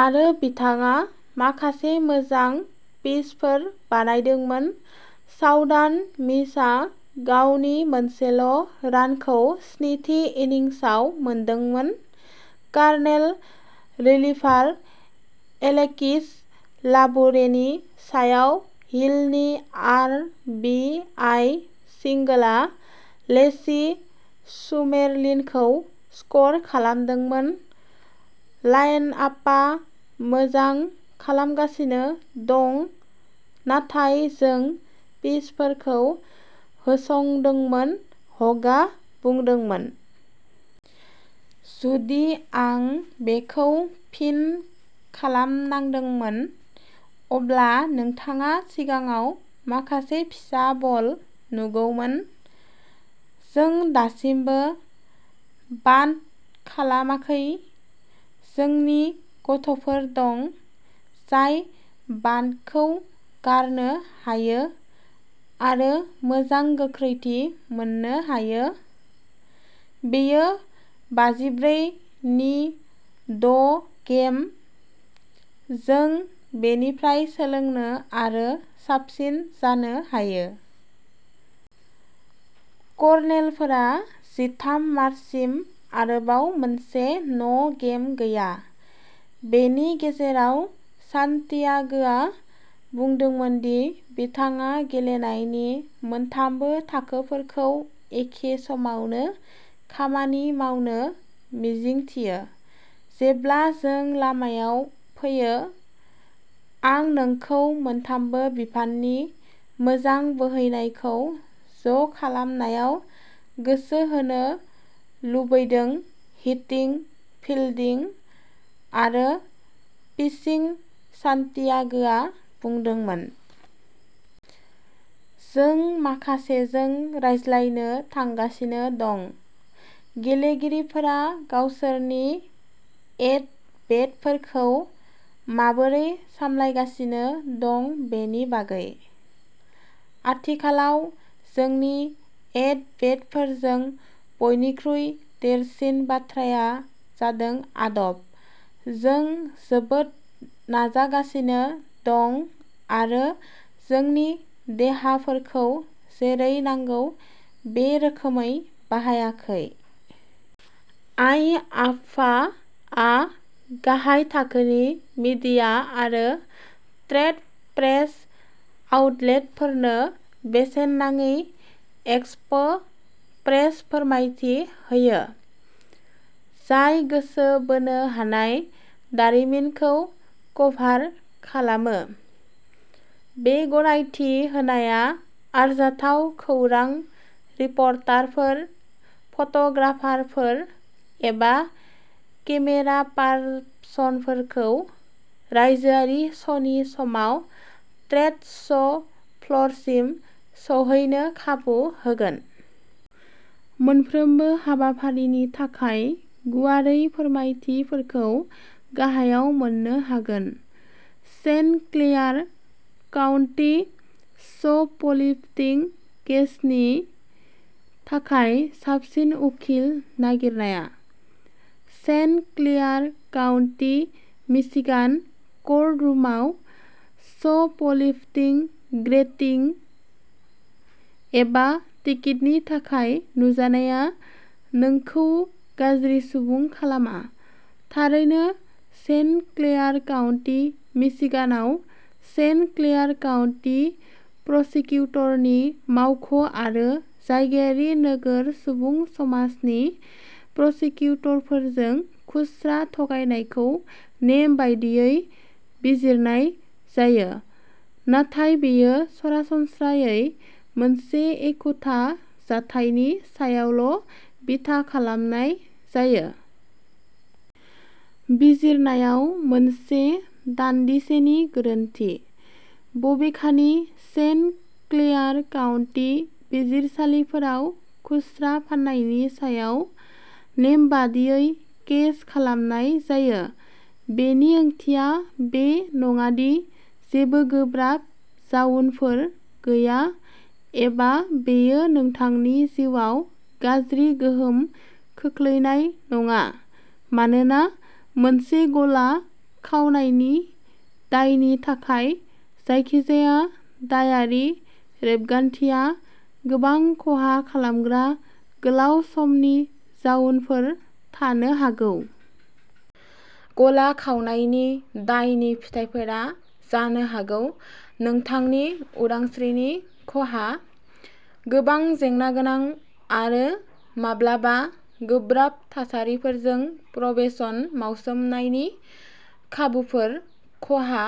आरो बिथाङा माखासे मोजां पिचफोर बानायदोंमोन। साउदार्न मिसआ गावनि मोनसेल' रानखौ स्निथि इन्निंसआव मोनदोंमोन। कार्नेल रिलिभार एलेकिस लाबुरेनि सायाव हिलनि आर बि आइ सिंगोलआ लेसि सुमेलिनखौ स्कर खालामदोंमोन। लाइनआपा मोजां खालामगासिनो दं, नाथाय जों पिचफोरखौ होसंदोंमोन हगआ बुंदोंमोन। जुदि आं बेखौ फिन खालामनांदोंमोन, अब्ला नोंथाङा सिगाङाव माखासे फिसा बल नुगौमोन। जों दासिमबो बान्ट खालामाखै। जोंनि गथ'फोर दं जाय बान्टखौ गारनो हायो आरो मोजां गोख्रैथि मोननो हायो। बेयो बाजिब्रै नि द'गेम। जों बेनिफ्राय सोलोंनो आरो साबसिन जानो हायो। कर्नेलफोरा जिथाम मार्चसिम आरोबाव मोनसे न'गेम गैया। बेनि गेजेराव, सान्टियागोआ बुंदोंमोन दि बिथाङा गेलेनायनि मोनथामबो थाखोफोरखौ एखे समावनो खामानि मावनो मिजिंथियो। जेब्ला जों लामायाव फैयो, आं नोंखौ मोनथामबो बिफाननि मोजां बोहैनायखौ ज'खालामनायाव गोसो होनो लुबैदों हिटिं, फिल्डिं आरो पिचिं सान्टियागोआ बुंदोंमोन। जों माखासेजों रायज्लायनो थांगासिनो दं। गेलेगिरिफोरा गावसोरनि एट बेटफोरखौ माबोरै सामलायगासिनो दं बेनि बागै। आथिखालाव जोंनि एट-बेटफोरजों बयनिख्रुइ देरसिन बाथ्राया जादों आदब। जों जोबोद नाजागासिनो दं आरो जोंनि देहाफोरखौ जेरै नांगौ बे रोखोमै बाहायाखै। आइआफफा आ गाहाय थाखोनि मीडिया आरो ट्रेड प्रेस आउटलेटफोरनो बेसेन नाङि एक्सपो प्रेस फोरमानथि होयो, जाय गोसो बोनो हानाय दारिमिनखौ कभार खालामो। बे गनायथि होनाया आरजाथाव खौरां रिपर्टारफोर, फट'ग्राफारफोर, एबा केमेरापारसनफोरखौ रायजोआरि श'नि समाव ट्रेड श'फ्ल'रसिम सौहैनो खाबु होगोन। मोनफ्रोमबो हाबाफारिनि थाखाय गुवारै फोरमायथिफोरखौ गाहायाव मोन्नो हागोन। सेन्ट क्लेयार काउन्टी श'पलिफ्टिं केसनि थाखाय साबसिन उखिल नागिरनाया? सेन्ट क्लेयार काउन्टी मिशिगान क'र्टरुमआव श'पलिफ्टिं ग्रेप्तिं एबा टिकेटनि थाखाय नुजानाया नोंखौ गाज्रि सुबुं खालामा। थारैनो, सेन्ट क्लेयार काउन्टी मिशिगानआव सेन्ट क्लेयार काउन्टी प्रसिकिउटरनि मावख' आरो जायगायारि नोगोर सुबुं समाजनि प्रसिकिउटरफोरजों खुस्रा थगायनायखौ नेमबादियै बिजिरनाय जायो, नाथाय बेयो सरासनस्रायै मोनसे एखुथा जाथायनि सायावल' बिथा खालामनाय जायो। बिजिरनायाव मोनसे दानदिसेनि गोरोन्थि। बबेखानि, सेन्ट क्लेयार काउन्टि बिजिरसालिफोराव खुस्रा फाननायनि सायाव नेमबादियै केस खालामनाय जायो, बेनि ओंथिया बे नङा दि जेबो गोब्राब जाउनफोर गैया एबा बेयो नोंथांनि जिउआव गाज्रि गोहोम खोख्लैनाय नङा, मानोना मोनसे गला खावनायनि दायनि थाखाय जायखिजाया दायारि रेबगान्थिया गोबां खहा खालामग्रा गोलाव समनि जाउनफोर थानो हागौ। गला खावनायनि दायनि फिथाइफोरा जानो हागौ नोंथांनि उदांस्रिनि खहा, गोबां जेंनागोनां आरो माब्लाबा गोब्राब थासारिफोरजों प्रबेशन मावसोमनायनि खाबुफोर खहा;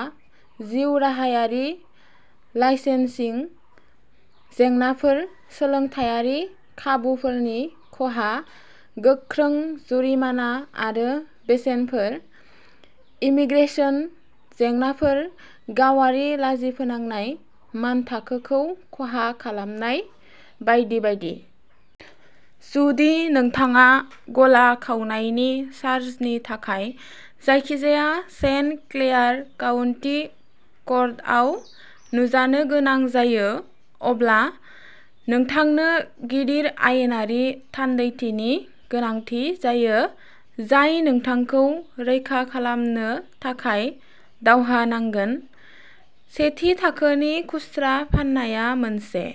जिउराहायारि लाइसेन्सिं जेंनाफोर, सोलोंथायारि खाबुफोरनि खहा, गोख्रों जुरिमाना आरो बेसेनफोर इमिग्रेशन जेंनाफोर गावारि लाजिफोनांनाय मानथाखोखौ खहा खालामनाय, बायदि बायदि। जुदि नोंथाङा गला खावनायनि चार्जनि थाखाय जायखिजाया सेन्ट क्लेयार काउन्टि कर्टआव नुजानो गोनां जायो, अब्ला नोंथांनो गिदिर आयेनारि थान्दैथिनि गोनांथि जायो जाय नोंथांखौ रैखा खालामनो थाखाय दावहा नांगोन। सेथि थाखोनि खुस्रा फाननाया मोनसे